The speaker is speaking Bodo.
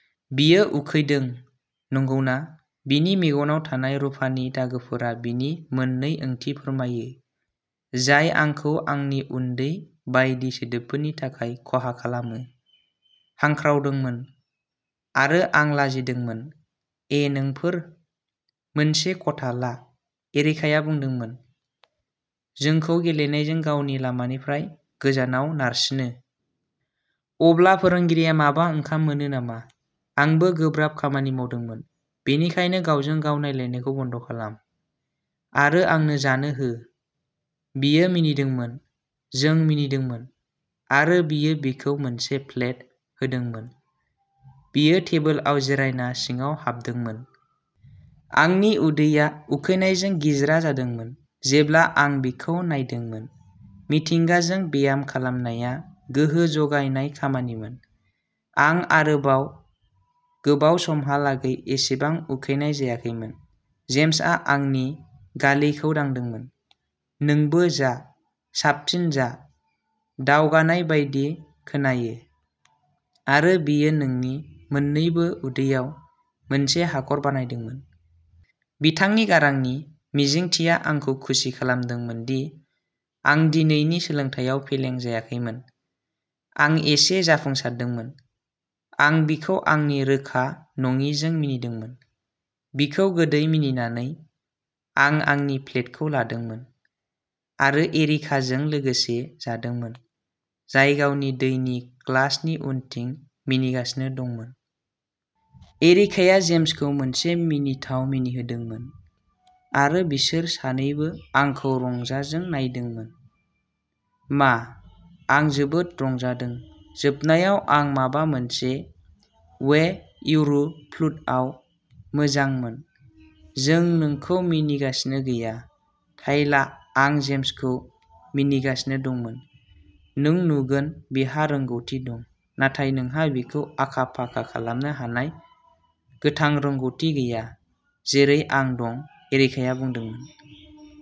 "बियो उखैदों, नंगौना? " बिनि मेगनाव थानाय रुफानि दागोफोरा बिनि मोननै ओंथि फोरमायो, जाय आंखौ आंनि उदै बायदि सोदोबफोरनि थाखाय खहा खालामो। हांख्रावदोंमोन, आरो आं लाजिदोंमोन। "ए, नोंफोर। मोनसे खथा ला", एरिकाया बुंदोंमोन, जोंखौ गेलेनायजों गावनि लामानिफ्राय गोजानाव नारसिनो। "अब्ला फोरोंगिरिआ माबा ओंखाम मोनो नामा? आंबो गोब्राब खामानि मावदोंमोन, बेनिखायनो गावजों-गाव नायलायनायखौ बन्द खालाम, आरो आंनो जाहोनो हो। " बियो मिनिदोंमोन। जों मिनिदोंमोन, आरो बियो बिखौ मोनसे प्लेट होदोंमोन। बियो टेबोलाव जिरायना सिङाव हाबदोंमोन। आंनि उदैया उखैनायजों गिज्रा जादोंमोन जेब्ला आं बिखौ नायदोंमोन। मिथिंगाजों ब्याम खालामनाया गोहो जगायनाय खामानिमोन। आं गोबाव समहालागै एसेबां उखैनाय जायाखैमोन। जेम्सआ आंनि गालेखौ दांदोंमोन। "नोंबो जा, साबसिन जा। दावगानाय बायदि खोनायो, आरो बेयो नोंनि मोन्नैबो उदैयाव मोनसे हाखर बानायदोंमोन। " बिथांनि गारांनि मिजिंथिया आंखौ खुसि खालामदोंमोन दि आं दिनैनि सोलोंथायाव फेलें जायाखैमोन। "आं एसे जाफुंसारदोंमोन। " आं बिखौ आंनि रोखा-नङिजों मिनिदोंमोन। बिखौ गोदै मिनिनानै, आं आंनि प्लेटखौ लादोंमोन आरो एरिकाजों लोगो जादोंमोन, जाय गावनि दैनि ग्लासनि उनथिं मिनिगासिनो दंमोन। एरिकाया जेम्सखौ मोनसे मिनिथाव मिनिहोदोंमोन, आरो बिसोर सानैबो आंखौ रंजाजों नायदोंमोन। "मा? आं जोबोद रंजाखांदों। " जोबनायाव, आं माबा मोनसे वेयरवुल्फआव मोजांमोन। "जों नोंखौ मिनिगासिनो गैया, टायला। आं जेम्सखौ मिनिगासिनो दंमोन। नों नुगोन बिहा रोंग'थि दं, नाथाय नोंहा बेखौ आखा-फाखा खालामनो हानाय गोथां रोंग'थि गैया जेरै आं दं", एरिकाया बुंदोंमोन।